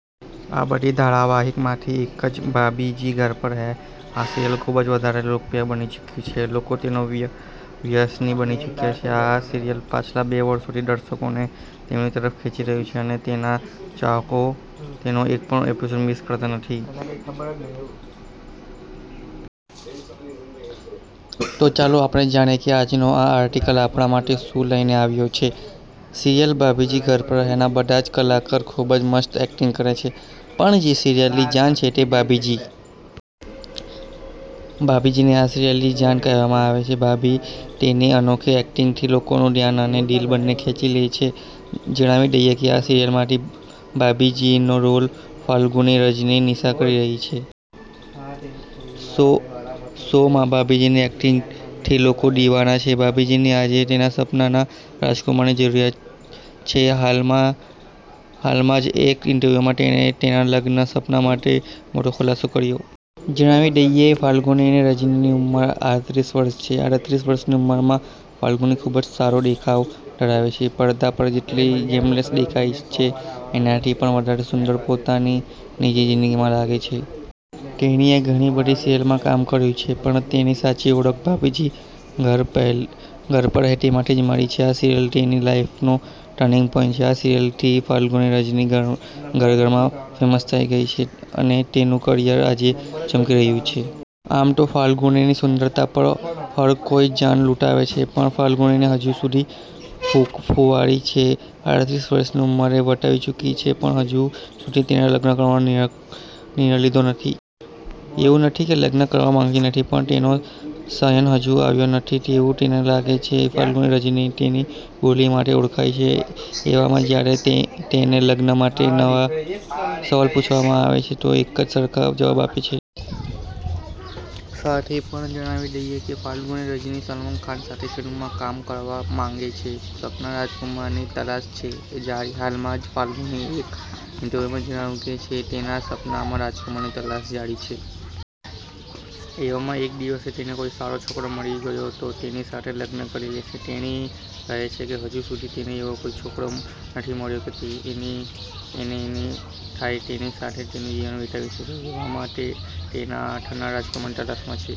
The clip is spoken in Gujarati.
આ બધી ધારાવાહિક માંથી એક છે 'ભાભી જી ઘર પર હે'. આ સિરિયલ ખુબજ વધારે લોકપ્રિય બની ચૂક્યું છે. લોકો તેના વ્યસની બની ચુક્યા છે. આ સિરિયલ પાછલા બે વર્ષો થી દર્શકો ને તેની તરફ ખેંચી રહ્યું છે અને તેના ચાહકો તેનો એક પણ એપિસોડ મિસ કરતા નથી. તો ચાલો જાણીએ કે આજનો આ આર્ટિકલ આપણા માટે શુ લઈ ને આવ્યો છે. સિરિયલ 'ભાભી જી ઘર પર હે' ના બધા જ કલાકાર ખુબજ મસ્ત એક્ટિંગ કરે છે, પણ જે સિરિયલ ની જાન છે તે છે ભાભીજી. ભાભીજી ને આ સિરિયલ ની જાન કહેવામાં આવે છે. ભાભી તેની અનોખી એક્ટિંગ થી લોકો નું ધ્યાન અને દિલ બન્ને ખેંચી લે છે. જણાવી દઈએ કે આ સિરિયલ માં ભાભીજી નો રોલ ફાલ્ગુની રજની નિશા કરી રહી છે. શો માં ભાભીજી ની એક્ટિંગ થી લોકો દીવાના છે. ભાભીજી ને આજે તેના સપના ના રાજકુમાર ની જરૂરિયાત છે. હાલ માજ એક ઇન્ટરવ્યૂ માં તેણે તેના લગ્ન ન સપના માટે મોટો ખુલાસો કર્યો છે. જણાવી દઈએ એ ફાલ્ગુની રજની ની ઉંમર આડત્રીસ વર્ષ છે. આડત્રીસ વર્ષ ની ઉમર માં ફાલ્ગુની ખુબજ સારો દેખાવ ધરાવે છે. પરદા પર જેટલી ગ્લેમરસ દેખાય છે એનાથી પણ વધારે સુંદર તે પોતાની નિજી જિંદગી માં લાગે છે. તેણીએ ઘણી બધી સિરિયલ્સ માં કામ કર્યું છે પણ તેને સાચી ઓળખાણ તો ભાભીજી ઘર પર હે માંથી જ મળી છે. આ સિરિયલ તેની લાઈફ નો ટર્નિંગ પોઇન્ટ છે. આ સિરિયલ થી ફાલ્ગુની રજની ઘર ઘર માં ફેમસ થઈ ગઈ છે અને તેનું કરિયર આજે ચમકી રહ્યું છે. .આમ તો ફાલ્ગુની ની સુંદરતા પર હર કોઈ જાન લૂંટાવે છે, પણ ફાલ્ગુની હજુ સુધી કુંવારી છે. આડત્રીસ વર્ષ ની ઉંમર ને વટાવી ચુકી છે પણ હજુ સુધી તેણે લગ્ન કરવાનો નિર્ણય લીધો નથી. એવું નથી કે તે લગ્ન કરવા માંગતી નથી પણ તેનો સનય હજુ આવ્યો નથી તેવું તેને લાગે છે. ફાલ્ગુની રજની તેની બોલી માટે ઓળખાય છે. એવામાં જ્યારે તેને લગ્ન માટે ના સવાલ પૂછવામાં આવે તો તે એકજ સરખા જવાબ આપે છે. સાથે એ પણ જણાવી દઈએ કે ફાલ્ગુની રજની સલમાન ખાન સાથે ફિલ્મ માં કામ કરવા પણ માંગે છે. સપના ના રાજકુમાર ની તલાશ છે જારી હાલ માં જ ફાલ્ગુની એ એક ઇન્ટરવ્યૂ માં જણાવ્યું છે કે તેને તેના સપનાના રાજકુમાર ની તલાશ જારી છે. એવામાં એક દિવસે તેને કોઈ સારો છોકરો મળી ગયો, તો તે તેની સાથે લગ્ન કરી લેશે. તેણી કહે છે કે હજુ સુધી તેને એવો કોઈ છોકરો નથી મળ્યો કે એને એવું થાય કે તે તેની સાથે તેનું જીવન વિતાવી શકે છે, એવામાં તે તેના થનારા રાજકુમાર ની તલાશ માં છે.